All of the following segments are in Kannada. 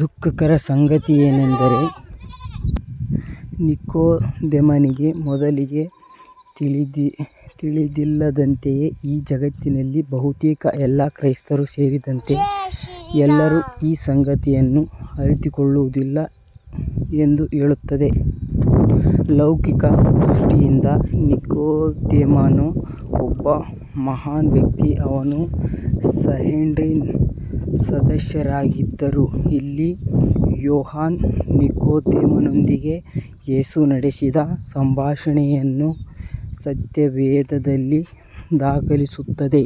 ದುಃಖಕರ ಸಂಗತಿಯೆಂದರೆ, ನಿಕೊದೇಮನಗೆ ಮೊದಲಿಗೆ ತಿಳಿದಿಲ್ಲದಂತೆಯೇ ಈ ಜಗತ್ತಿನಲ್ಲಿ ಬಹುತೇಕ ಎಲ್ಲ ಕ್ರೈಸ್ತರು ಸೇರಿದಂತೆ ಎಲ್ಲರೂ ಈ ಸಂಗತಿಯನ್ನು ಅರಿತುಕೊಳ್ಳುವುದಿಲ್ಲ ಎಂದು ಹೇಳುತ್ತದೆ. ಲೌಕಿಕ ದೃಷ್ಟಿಯಿಂದ, ನಿಕೊದೇಮನು ಒಬ್ಬ ಮಹಾನ್ ವ್ಯಕ್ತಿ. ಅವರು ಸಂಹೆಡ್ರಿನ್ ಸದಸ್ಯರಾಗಿದ್ದರು. ಇಲ್ಲಿ ಯೋಹಾನ, ನಿಕೊದೇಮನನೊಂದಿಗೆ ಯೇಸು ನಡೆಸಿದ ಸಂಭಾಷಣೆಯನ್ನು ಸತ್ಯವೇದದಲ್ಲಿ ದಾಖಲಿಸುತ್ತದೆ.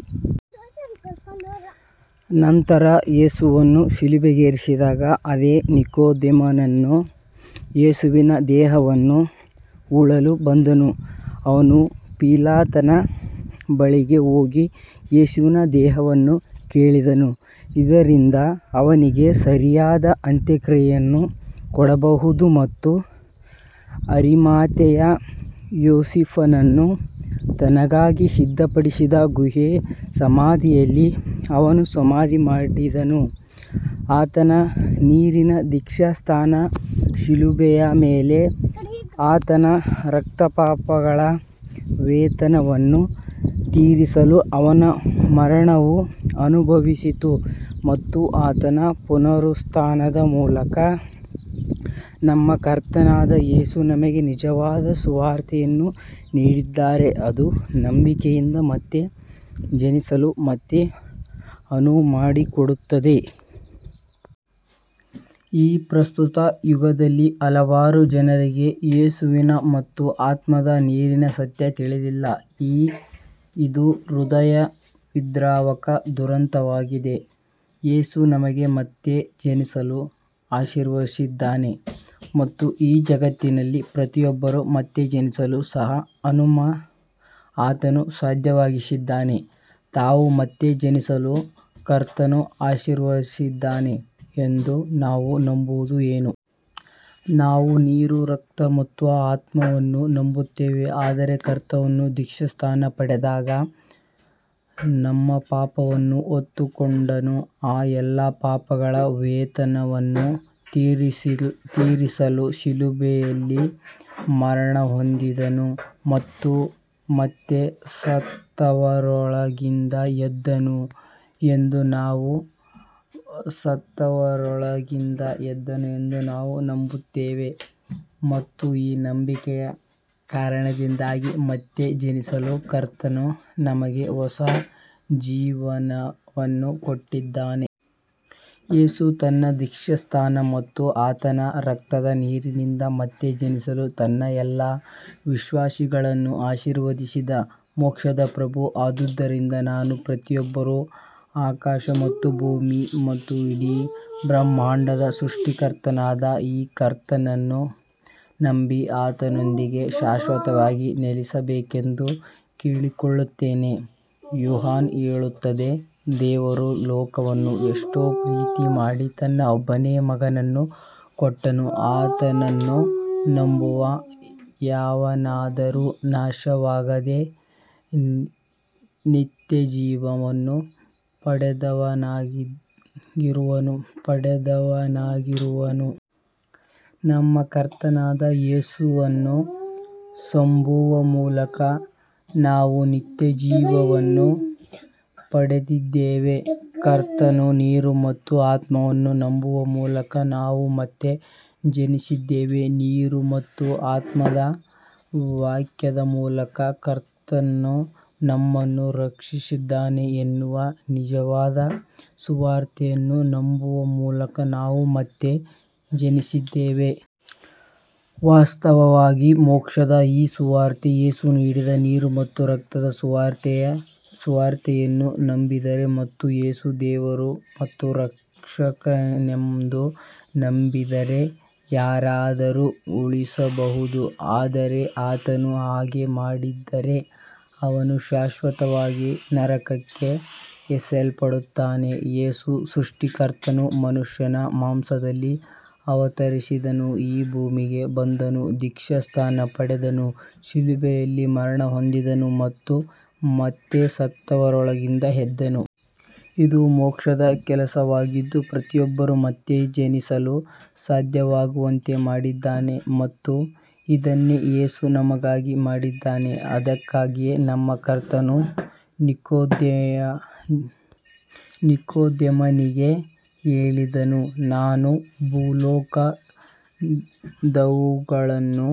ನಂತರ, ಯೇಸುವನ್ನು ಶಿಲುಬೆಗೇರಿಸಿದಾಗ, ಅದೇ ನಿಕೊದೇಮನನು ಯೇಸುವಿನ ದೇಹವನ್ನು ಹೂಳಲು ಬಂದನು. ಅವನು ಪಿಲಾತನ ಬಳಿಗೆ ಹೋಗಿ ಯೇಸುವಿನ ದೇಹವನ್ನು ಕೇಳಿದನು, ಇದರಿಂದ ಅವನಿಗೆ ಸರಿಯಾದ ಅಂತ್ಯಕ್ರಿಯೆಯನ್ನು ಕೊಡಬಹುದು ಮತ್ತು ಅರಿಮಾಥೆಯ ಯೋಸೇಫನು ತನಗಾಗಿ ಸಿದ್ಧಪಡಿಸಿದ್ದ ಗುಹೆ-ಸಮಾಧಿಯಲ್ಲಿ ಅವನನ್ನು ಸಮಾಧಿ ಮಾಡಿದನು. ಆತನ ನೀರಿನ ದೀಕ್ಷಾಸ್ನಾನ, ಶಿಲುಬೆಯ ಮೇಲೆ ಆತನ ರಕ್ತ, ಪಾಪಗಳ ವೇತನವನ್ನು ತೀರಿಸಲು ಅವರ ಮರಣವು ಅನುಭವಿಸಿತು, ಮತ್ತು ಆತನ ಪುನರುತ್ಥಾನದ ಮೂಲಕ, ನಮ್ಮ ಕರ್ತನಾದ ಯೇಸು ನಮಗೆ ನಿಜವಾದ ಸುವಾರ್ತೆಯನ್ನು ನೀಡಿದ್ದಾನೆ, ಅದು ನಂಬಿಕೆಯಿಂದ ಮತ್ತೆ ಜನಿಸಲು ನಮಗೆ ಅನುವು ಮಾಡಿಕೊಡುತ್ತದೆ. ಈ ಪ್ರಸ್ತುತ ಯುಗದಲ್ಲಿ ಹಲವಾರು ಜನರಿಗೆ ಯೇಸುವಿನ ಮತ್ತು ಆತ್ಮದ ನೀರಿನ ಸತ್ಯ ತಿಳಿದಿಲ್ಲ. ಇದು ಹೃದಯ ವಿದ್ರಾವಕ ದುರಂತವಾಗಿದೆ. ಯೇಸು ನಮಗೆ ಮತ್ತೆ ಜನಿಸಲು ಆಶೀರ್ವದಿಸಿದ್ದಾನೆ, ಮತ್ತು ಈ ಜಗತ್ತಿನಲ್ಲಿ ಪ್ರತಿಯೊಬ್ಬರೂ ಮತ್ತೆ ಜನಿಸಲು ಸಹ ಆತನು ಸಾಧ್ಯವಾಗಿಸಿದ್ದಾನೆ. ನಾವು ಮತ್ತೆ ಜನಿಸಲು ಕರ್ತನು ಆಶೀರ್ವದಿಸಿದ್ದಾನೆ ಎಂದು ನಾವು ನಂಬುವುದು ಏನು? ನಾವು ನೀರು, ರಕ್ತ ಮತ್ತು ಆತ್ಮವನ್ನು ನಂಬುತ್ತೇವೆ ಅಂದರೆ, ಕರ್ತನು ದೀಕ್ಷಾಸ್ನಾನ ಪಡೆದಾಗ ನಮ್ಮ ಪಾಪಗಳನ್ನು ಹೊತ್ತುಕೊಂಡನು, ಆ ಎಲ್ಲಾ ಪಾಪಗಳ ವೇತನವನ್ನು ತೀರಿಸಲು ಶಿಲುಬೆಯಲ್ಲಿ ಮರಣಹೊಂದಿದನು ಮತ್ತು ಮತ್ತೆ ಸತ್ತವರೊಳಗಿಂದ ಎದ್ದನು ಎಂದು ನಾವು ನಂಬುತ್ತೇವೆ ಮತ್ತು ಈ ನಂಬಿಕೆಯ ಕಾರಣದಿಂದಾಗಿ ಮತ್ತೆ ಜನಿಸಲು ಕರ್ತನು ನಮಗೆ ಹೊಸ ಜೀವನವನ್ನು ಕೊಟ್ಟಿದ್ದಾನೆ. ಯೇಸು ತನ್ನ ದೀಕ್ಷಾಸ್ನಾನ ಮತ್ತು ಆತನ ರಕ್ತದ ನೀರಿನಿಂದ ಮತ್ತೆ ಜನಿಸಲು ತನ್ನ ಎಲ್ಲಾ ವಿಶ್ವಾಸಿಗಳನ್ನು ಆಶೀರ್ವದಿಸಿದ ಮೋಕ್ಷದ ಪ್ರಭು. ಆದುದರಿಂದ ನಾನು ಪ್ರತಿಯೊಬ್ಬರೂ ಆಕಾಶ ಮತ್ತು ಭೂಮಿಯ ಮತ್ತು ಇಡೀ ಬ್ರಹ್ಮಾಂಡದ ಸೃಷ್ಟಿಕರ್ತನಾದ ಈ ಕರ್ತನನ್ನು ನಂಬಿ, ಆತನೊಂದಿಗೆ ಶಾಶ್ವತವಾಗಿ ನೆಲೆಸಬೇಕೆಂದು ಕೇಳಿಕೊಳ್ಳುತ್ತೇನೆ. ಯೋಹಾನ ಹೇಳುತ್ತದೆ, "ದೇವರು ಲೋಕವನ್ನು ಎಷ್ಟೋ ಪ್ರೀತಿಮಾಡಿ ತನ್ನ ಒಬ್ಬನೇ ಮಗನನ್ನು ಕೊಟ್ಟನು; ಆತನನ್ನು ನಂಬುವ ಯಾವನಾದರೂ ನಾಶವಾಗದೆ ನಿತ್ಯಜೀವ ವನ್ನು ಪಡೆದವನಾಗಿರುವನು.. " ನಮ್ಮ ಕರ್ತನಾದ ಯೇಸುವನ್ನು ನಂಬುವ ಮೂಲಕ ನಾವು ನಿತ್ಯಜೀವವನ್ನು ಪಡೆದಿದ್ದೇವೆ. ಕರ್ತನ ನೀರು ಮತ್ತು ಆತ್ಮವನ್ನು ನಂಬುವ ಮೂಲಕ ನಾವು ಮತ್ತೆ ಜನಿಸಿದ್ದೇವೆ. ನೀರು ಮತ್ತು ಆತ್ಮದ ವಾಕ್ಯದ ಮೂಲಕ ಕರ್ತನು ನಮ್ಮನು ರಕ್ಷಿಸಿದ್ದಾನೆ ಎನ್ನುವ ನಿಜವಾದ ಸುವಾರ್ತೆಯನ್ನು ನಂಬುವ ಮೂಲಕ, ನಾವು ಮತ್ತೆ ಜನಿಸಿದ್ದೇವೆ. ವಾಸ್ತವವಾಗಿ, ಮೋಕ್ಷದ ಈ ಸುವಾರ್ತೆ, ಯೇಸು ನೀಡಿದ ನೀರು ಮತ್ತು ರಕ್ತದ ಸುವಾರ್ತೆಯನ್ನು ನಂಬಿದರೆ ಮತ್ತು ಯೇಸು ದೇವರು ಮತ್ತು ರಕ್ಷಕನೆಂದು ನಂಬಿದರೆ ಯಾರಾದರೂ ಉಳಿಸಬಹುದು; ಆದರೆ ಆತನು ಹಾಗೆ ಮಾಡದಿದ್ದರೆ, ಅವನು ಶಾಶ್ವತವಾಗಿ ನರಕಕ್ಕೆ ಎಸೆಯಲ್ಪಡುತ್ತಾನೆ. ಯೇಸು, ಸೃಷ್ಟಿಕರ್ತನು ಮನುಷ್ಯನ ಮಾಂಸದಲ್ಲಿ ಅವತರಿಸಿದನು ಈ ಭೂಮಿಗೆ ಬಂದನು, ದೀಕ್ಷಾಸ್ನಾನ ಪಡೆದನು, ಶಿಲುಬೆಯಲ್ಲಿ ಮರಣಹೊಂದಿದನು ಮತ್ತು ಮತ್ತೆ ಸತ್ತವರೊಳಗಿಂದ ಎದ್ದನು. ಇದು ಮೋಕ್ಷದ ಕೆಲಸವಾಗಿದ್ದು, ಪ್ರತಿಯೊಬ್ಬರೂ ಮತ್ತೆ ಜನಿಸಲು ಸಾಧ್ಯವಾಗುವಂತೆ ಮಾಡಿದ್ದಾರೆ ಮತ್ತು ಇದನ್ನೇ ಯೇಸು ನಮಗಾಗಿ ಮಾಡಿದ್ದಾರೆ. ಅದಕ್ಕಾಗಿಯೇ ನಮ್ಮ ಕರ್ತನು ನಿಕೊದೇಮನಿಗೆ ಹೇಳಿದನು, "ನಾನು ಭೂಲೋಕ ದವುಗಳನ್ನು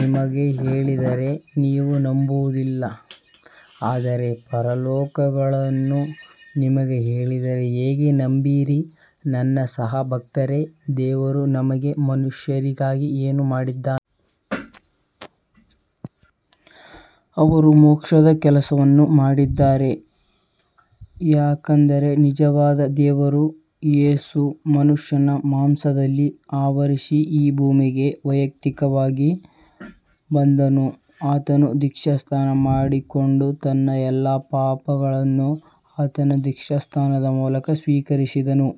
ನಿಮಗೆ ಹೇಳಿದರೆ ನೀವು ನಂಬುವದಿಲ್ಲ; ಆದರೆ ಪರಲೋಕದವುಗಳನ್ನು ನಿಮಗೆ ಹೇಳಿದರೆ ಹೇಗೆ ನಂಬೀರಿ " ನನ್ನ ಸಹ ಭಕ್ತರೇ, ದೇವರು ನಮಗೆ ಮನುಷ್ಯರಿಗಾಗಿ ಏನು ಮಾಡಿದ್ದಾನೆ? ಅವರು ಮೋಕ್ಷದ ಕೆಲಸವನ್ನು ಮಾಡಿದ್ದಾರೆ, ಯಾಕಂದರೆ ನಿಜವಾದ ದೇವರು ಯೇಸು ಮನುಷ್ಯನ ಮಾಂಸದಲ್ಲಿ ಅವತರಿಸಿ ಈ ಭೂಮಿಗೆ ವೈಯಕ್ತಿಕವಾಗಿ ಬಂದನು. ಆತನು ದೀಕ್ಷಾಸ್ನಾನ ಮಾಡಿಸಿಕೊಂಡು ಮತ್ತು ಎಲ್ಲಾ ಪಾಪಗಳನ್ನು ಆತನ ದೀಕ್ಷಾಸ್ನಾನದ ಮೂಲಕ ಸ್ವೀಕರಿಸಲಾಯಿತು.